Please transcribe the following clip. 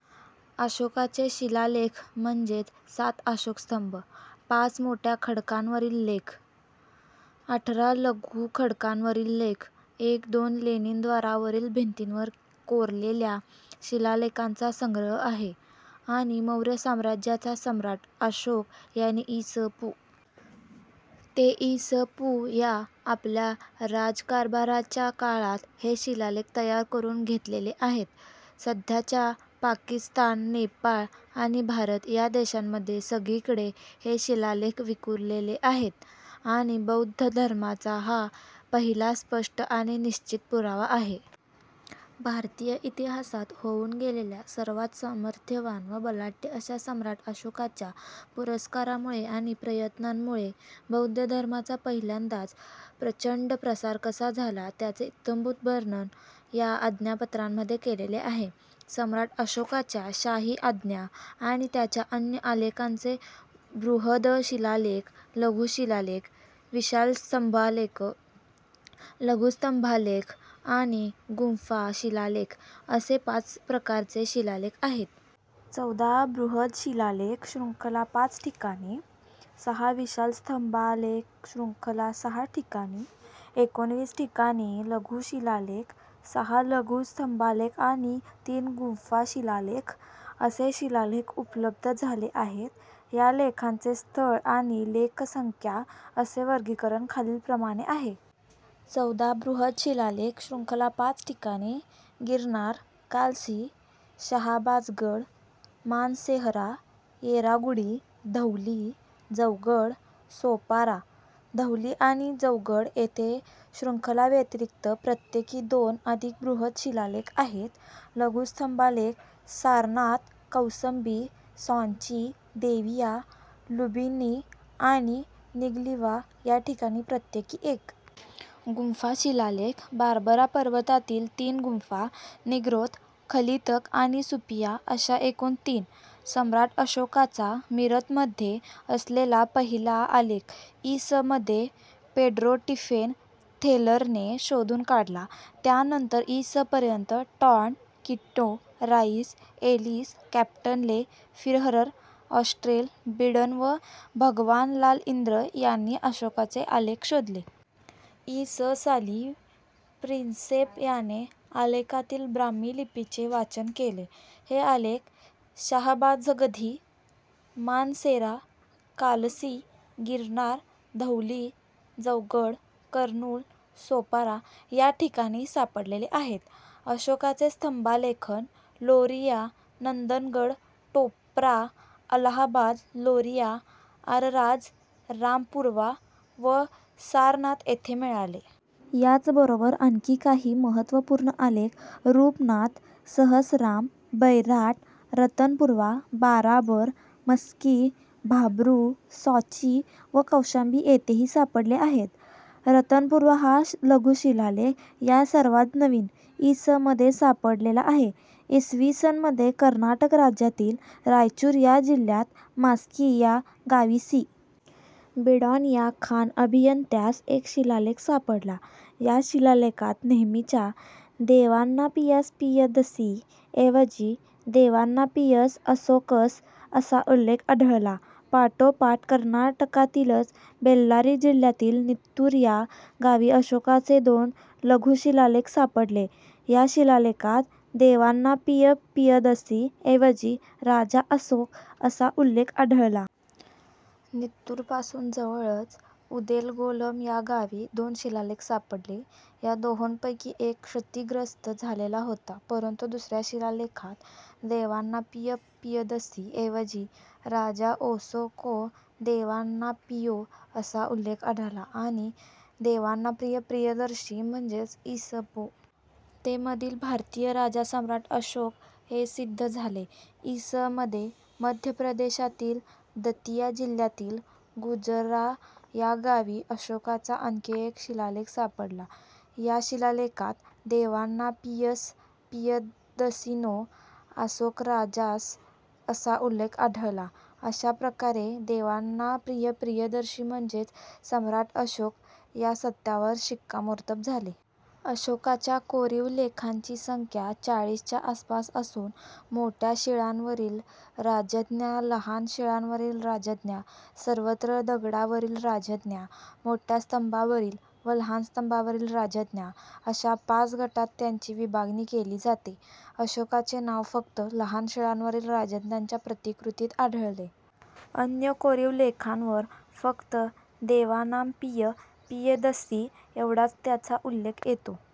अशोकाचे शिलालेख म्हणजेच सात अशोकस्तंभ, पाच मोठ्या खडकां वरील लेख, अठरा लघु खडकांवरील लेख एक दोन लेणीद्वारा वरील भींतीवर कोरलेल्या.. शिलालेखांचा संग्रह आहे. आणि मौर्य साम्राज्याचा सम्राट अशोक याने इ. स. पू. ते इ. स. पू. या आपल्या राज्यकारभाराच्या काळात हे शिलालेख तयार करून घेतलेले आहेत. सध्याच्या पाकिस्तान, नेपाळ आणि भारत या देशांमध्ये सगळीकडे हे शिलालेख विखुरलेले आहेत आणि बौद्ध धर्माचा हा पहिला स्पष्ट आणि निश्चित पुरावा आहे. भारतीय इतिहासात होऊन गेलेल्या सर्वात सामर्थ्यवान व बलाढ्य अशा सम्राट अशोकाच्या पुरस्कारामुळे आणि प्रयत्नांमुळे बौद्ध धर्माचा पहिल्यांदाच प्रचंड प्रसार कसा झाला त्याचे इत्थंभूत वर्णन या आज्ञापत्रांमध्ये केलेले आहे. सम्राट अशोकाच्या शाही आज्ञा आणि त्याच्या अन्य आलेखांचे बृहद शिलालेख, लघु शिलालेख, विशाल स्तंभालेख, लघु स्तंभालेख आणि गुंफा शिलालेख असे पाच प्रकारचे शिलालेख आहेत. चौदा बृहद शिलालेख शृंखला पाच ठिकाणी, सहा विशाल स्तंभालेख शृंखला सहा ठिकाणी, एकोणीस ठिकाणी लघु शिलालेख, सहा लघु स्तंभालेख आणि तीन गुंफा-शिलालेख असे शिलालेख उपलब्ध झाले आहेत. या लेखांचे स्थळ आणि लेख-संख्या असे वर्गीकरण खालील प्रमाणे आहे. चौदा बृहद शिलालेख शृंखला पाच ठिकाणी गिरनार, कालसी, शहाबाजगढ, मानसेहरा येरागुडी, धौली, जौगड, सोपारा. धौली आणि जौगड येथे शृंखलेव्यतिरिक्त प्रत्येकी दोन अधिकचे बृहद शिलालेख आहेत. लघु स्तंभालेख सारनाथ, कौसंबी, सॉंची, देविया, लुंबिनी आणि निगलिवा या ठिकाणी प्रत्येकी एक. गुंफा शिलालेख बार्बरा पर्वतातील तीन गुंफा निग्रोध, खलीतक आणि सुप्पिय अशा एकूण तीन. सम्राट अशोकाचा मीरतमध्ये असलेला पहिला आलेख इ. स. मध्ये पेड्रोटिफेन-थेलरने शोधून काढला. त्यानंतर इ. स. पर्यंत टॉंड, किट्टो, राईस, एलिस, कॅप्टन ले, फीहरर, ऑस्ट्रेल, बीडन व भगवानलाल इंद्र यांनी अशोकाचे आलेख शोधले. इ. स. साली प्रिन्सेप याने आलेखातील ब्राह्मी लिपीचे वाचन केले. हे आलेख शाहबाझगधी, मानसेरा, कालसी, गिरनार, धौली, जौगड, कर्नूल, सोपारा या ठिकाणी सापडलेले आहेत. अशोकाचे स्तंभालेखन लोरिया नंदनगड, टोपरा, अलाहाबाद, लोरिया अरराज, रामपुरवा व सारनाथ येथे मिळाले. याचबरोबर आणखी काही महत्त्वपूर्ण आलेख रूपनाथ, सहसराम, बैराट, रतनपूर्वा, बाराबर, मस्की, भाब्रू, सॉंची व कौशांबी येथेही सापडले आहेत. रतनपूर्वा हा लधु शिलालेख या सर्वांत नवीन इ. स. मधे सापडलेला आहे. इसवीसन मधे कर्नाटक राज्यातील रायचूर या जिल्ह्यात मास्की या गावी सी. बिडॉन या खाण अभियंत्यास एक शिलालेख सापडला. या शिलालेखात नेहेमीच्या "देवानांपिय पियदसि" ऐवजी "देवानांपियस असोकस" असा उल्लेख आढळला. पाठोपाठ कर्नाटकातीलच बेल्लारी जिल्ह्यातील नित्तूर या गावी अशोकाचे दोन लघु-शिलालेख सापडले. या शिलालेखात "देवानांपिय पियदसि" ऐवजी "राजा असोक" असा उल्लेख आढळला. नित्तूरपासून जवळच उदेलगोलम या गावी दोन शिलालेख सापडले. या दोहोंपैकी एक क्षतिग्रस्त झालेला होता परंतु दुसऱ्या शिलालेखात "देवानांपिय पियदसि" ऐवजी "राजा असोको देवानांपियो" असा उल्लेख आढळला. आणि देवानांप्रिय प्रियदर्शी म्हणजेच इ. स. पू. ते मधील भारतीय राजा सम्राट अशोक हे सिद्ध झाले. इ. स. मधे मध्य प्रदेशातील दतिया जिल्ह्यातील गुजर्रा या गावी अशोकाचा आणखी एक शिलालेख सापडला या शिलालेखात "देवानांपियस पियदसिनो असोकराजस" असा उल्लेख आढळला. अशा प्रकारे देवानांप्रिय प्रियदर्शी म्हणजेच सम्राट अशोक, या सत्यावर शिक्कामोर्तब झाले. अशोकाच्या कोरीव लेखांची संख्या चाळीसच्या आसपास असून मोठ्या शिळांवरील राजाज्ञा, लहान शिळांवरील राजाज्ञा, स्वतंत्र दगडावरील राजाज्ञा, मोठ्या स्तंभावरील व लहान स्तंभावरील राजाज्ञा अशा पाच गटात त्याची विभागणी केली जाते. अशोकाचे नाव फक्त लहान शिळांवरील राजाज्ञांच्या प्रतिकृतीत आढळते. अन्य कोरीव लेखांवर फक्त देवानाम पिय पियदस्सी एवढाच त्याचा उल्लेख येतो.